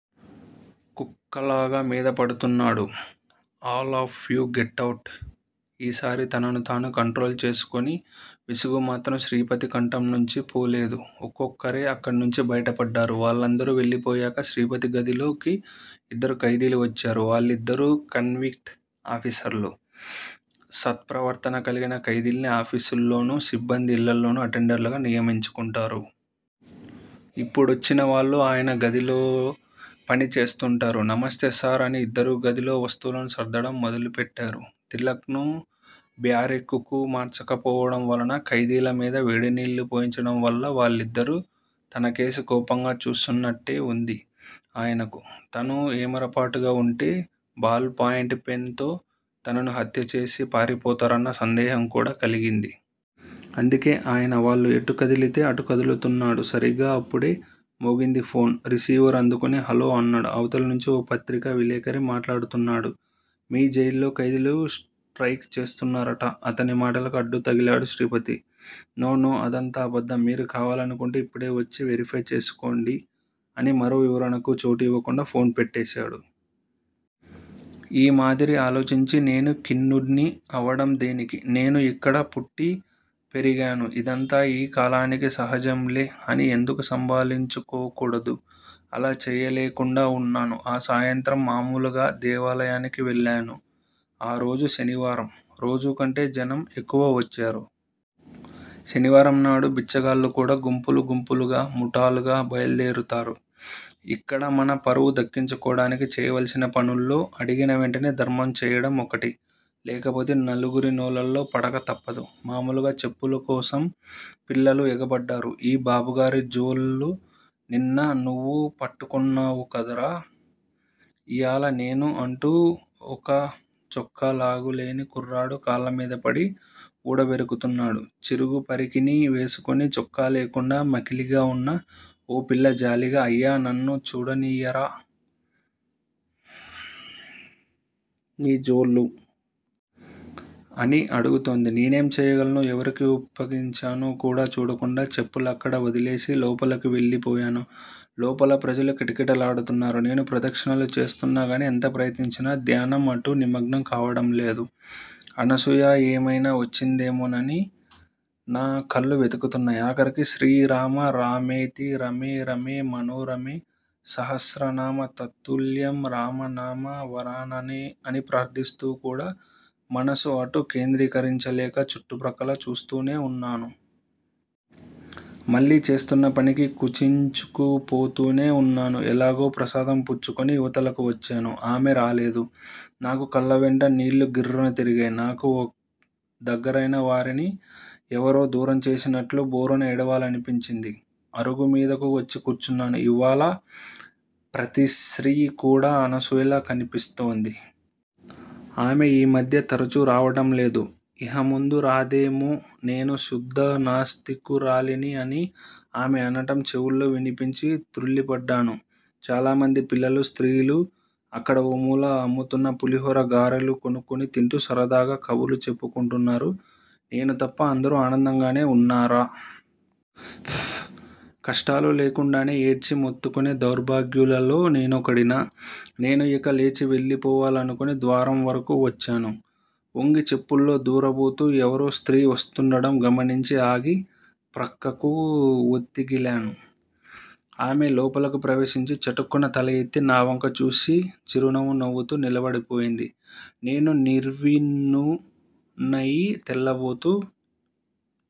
కుక్కలాగా మీద పడుతున్నాడు. All of you get out ఈసారి తనను తాను కంట్రోల్ చేసుకొని విసుగు మాత్రం శ్రీపతి కంఠం నుంచి పోలేదు. ఒక్కొక్కరే అక్కడినుంచి బయటపడ్డారు. వాళ్ళందరూ వెళ్ళిపోయాక శ్రీపతి గదిలోకి ఇద్దరు ఖైదీలు వచ్చారు. వాళ్ళిద్దరూ కన్విక్టు ఆఫీసర్లు. సత్ప్రవర్తన కలిగిన ఖైదీల్ని ఆఫీసుల్లోనూ, సిబ్బంది ఇళ్ళలోనూ అటెండర్లు గా నియమించుకుంటారు. ఇప్పుడొచ్చిన వాళ్ళు ఆయన గదిలో పని చేస్తుంటారు. నమస్తే సార్ అని ఇద్దరూ గదిలోని వస్తువులను సర్దడం మొదలుపెట్టారు. తిలక్ ను బ్యారెక్కుకు మార్చకపోవడం వలన, ఖైదీల మీద వేడినీళ్ళు పోయించడం వల్ల వాళ్ళిద్దరూ తనకేసి కోపంగా చూస్తున్నట్టే వుంది. ఆయనకు. తను ఏమరపాటుగా వుంటే బాల్ పాయింట్ పెన్ తో తనను హత్యచేసి పారిపోతారన్న సందేహం కూడా కలిగింది. అందుకే ఆయన వాళ్ళు ఎటు కదిలితే అటు కదులుతున్నాడు. సరిగ్గా అప్పుడే మోగింది ఫోన్. రిసీవర్ అందుకుని హలో అన్నాడు. అవతలి నుంచి ఓ పత్రికా విలేఖరి మాట్లాడుతున్నాడు మీ జైల్లో ఖైదీలు స్ట్రయిక్ చేస్తున్నారట అతని మాటలకు అడ్డు తగిలాడు శ్రీపతి. నో నో అదంతా అబద్ధం మీరు కావాలనుకుంటే ఇప్పుడే వచ్చి వెరిఫై చేసుకోండి అని మరో వివరణకు చోటివ్వకుండా ఫోన్ పెట్టేశాడు. ఈ మాదిరి ఆలోచించి నేను ఖిన్నుడ్ని అవటం దేనికి? నేను ఇక్కడ పుట్టి పెరిగాను. ఇదంతా ఈ కాలానికి సహజంలే, అని ఎందుకు సంభాళించుకో కూడదు? అలా చేయలేకుండా వున్నాను. ఆ సాయంత్రం మామూలుగా దేవాలయానికి వెళ్ళాను. ఆ రోజు శనివారం రోజూకంటే జనం ఎక్కువ వచ్చారు. శనివారం నాడు బిచ్చగాళ్ళు కూడా గుంపులు గుంపులుగా, ముఠాలుగా బయల్దేరతారు. యిక్కడ మన పరువు దక్కించుకోవటానికి చేయవలసిన పనుల్లో అడిగిన వెంటనే ధర్మం చేయటం ఒకటి. లేకపోతే నలుగురి నోళ్లలో పడక తప్పదు. మామూలుగా చెప్పుల కోసం పిల్లలు ఎగబడ్డారు. 'ఈ బాబుగారి జోళ్ళు నిన్న నువ్వు పట్టుకొన్నావు కదురా, ఇయాల నేను' అంటూ ఒక చొక్కా లాగు లేని కుర్రాడు కాళ్ళమీదపడి వూడబెరుకుతున్నాడు చిరుగు పరికిణీ వేసుకుని చొక్కాలేకుండా మకిలిగా వున్న ఓ పిల్ల జాలిగా 'అయ్యా, నన్ను చూడనియ్యరా నీ జోళ్ళు? ' అని అడుగుతోంది. నేనేం చేయగలను? ఎవరికి ఒప్పగించానో కూడా చూడకుండా చెప్పులక్కడ వదిలేసి లోపలకు వెళ్ళి పోయాను. లోపల ప్రజలు కిటకిటలాడుతున్నారు. నేను ప్రదక్షిణలు చేస్తున్నాగాని ఎంత ప్రయత్నించినా ధ్యానం అటు నిమగ్నం కావటంలేదు. అనసూయ యేమైనా వచ్చిందేమోనని నా కళ్ళు వెతుకుతున్నాయి. ఆఖరికి 'శ్రీ రామ రామ రామేతి రమే రమే మనోరమే సహస్రనామ తత్తుల్యం రామ నామ వరాననే' అని ప్రార్ధిస్తూ కూడా మనసు అటు కేంద్రీకరించలేక చుట్టు ప్రక్కల చూస్తూనే వున్నాను. మళ్ళీ చేస్తున్నపనికి కుచించుకుపోతూనే వున్నాను. ఎలాగో ప్రసాదం పుచ్చుకొని ఇవతలకు వచ్చాను. ఆమె రాలేదు. నాకు కళ్ళవెంట నీళ్ళు గిర్రున తిరిగాయి. నాకు దగ్గరైన వారిని ఎవరో దూరం చేసినట్లు భోరున ఏడవాలనిపించింది. అరుగు మీదకు వచ్చి కూర్చున్నాను. ఇవ్వాళ ప్రతిశ్రీ కూడ అనసూయలా కన్పిస్తోంది. ఆమె ఈ మధ్య తరచు రావటంలేదు, ఇహ ముందు రాదేమో నేను శుద్ద నాస్తికురాలిని అని ఆమె అనటం చెవుల్లో వినిపించి త్రుళ్ళి పడ్డాను. చాలామంది పిల్లలు, స్త్రీలు అక్కడ ఓ మూల అమ్ముతున్న పులిహార, గారెలు కొనుక్కొని తింటూ సరదాగా కబుర్లు చెప్పుకొంటున్నారు. నేను తప్ప అందరూ ఆనందంగానే వున్నారా? కష్టాలు లేకుండానే ఏడ్చి మొత్తుకొనే దౌర్భాగ్యులలో నేనొకడినా? నేను యిక లేచి వెళ్ళిపోవాలనుకొని ద్వారం వరకూ వచ్చాను. ఒంగి చెప్పుల్లో దూర బోతూ ఎవరో స్త్రీ వస్తూండటం గమనించి ఆగి ప్రక్కకు వత్తిగిలాను. ఆమె లోపలకు ప్రవేశించి చటుక్కున తలయెత్తి నావంక చూసి చిరునవ్వు నవ్వుతూ నిలబడిపోయింది. నేను నిర్విన్నున్నయి తెల్లబోతూ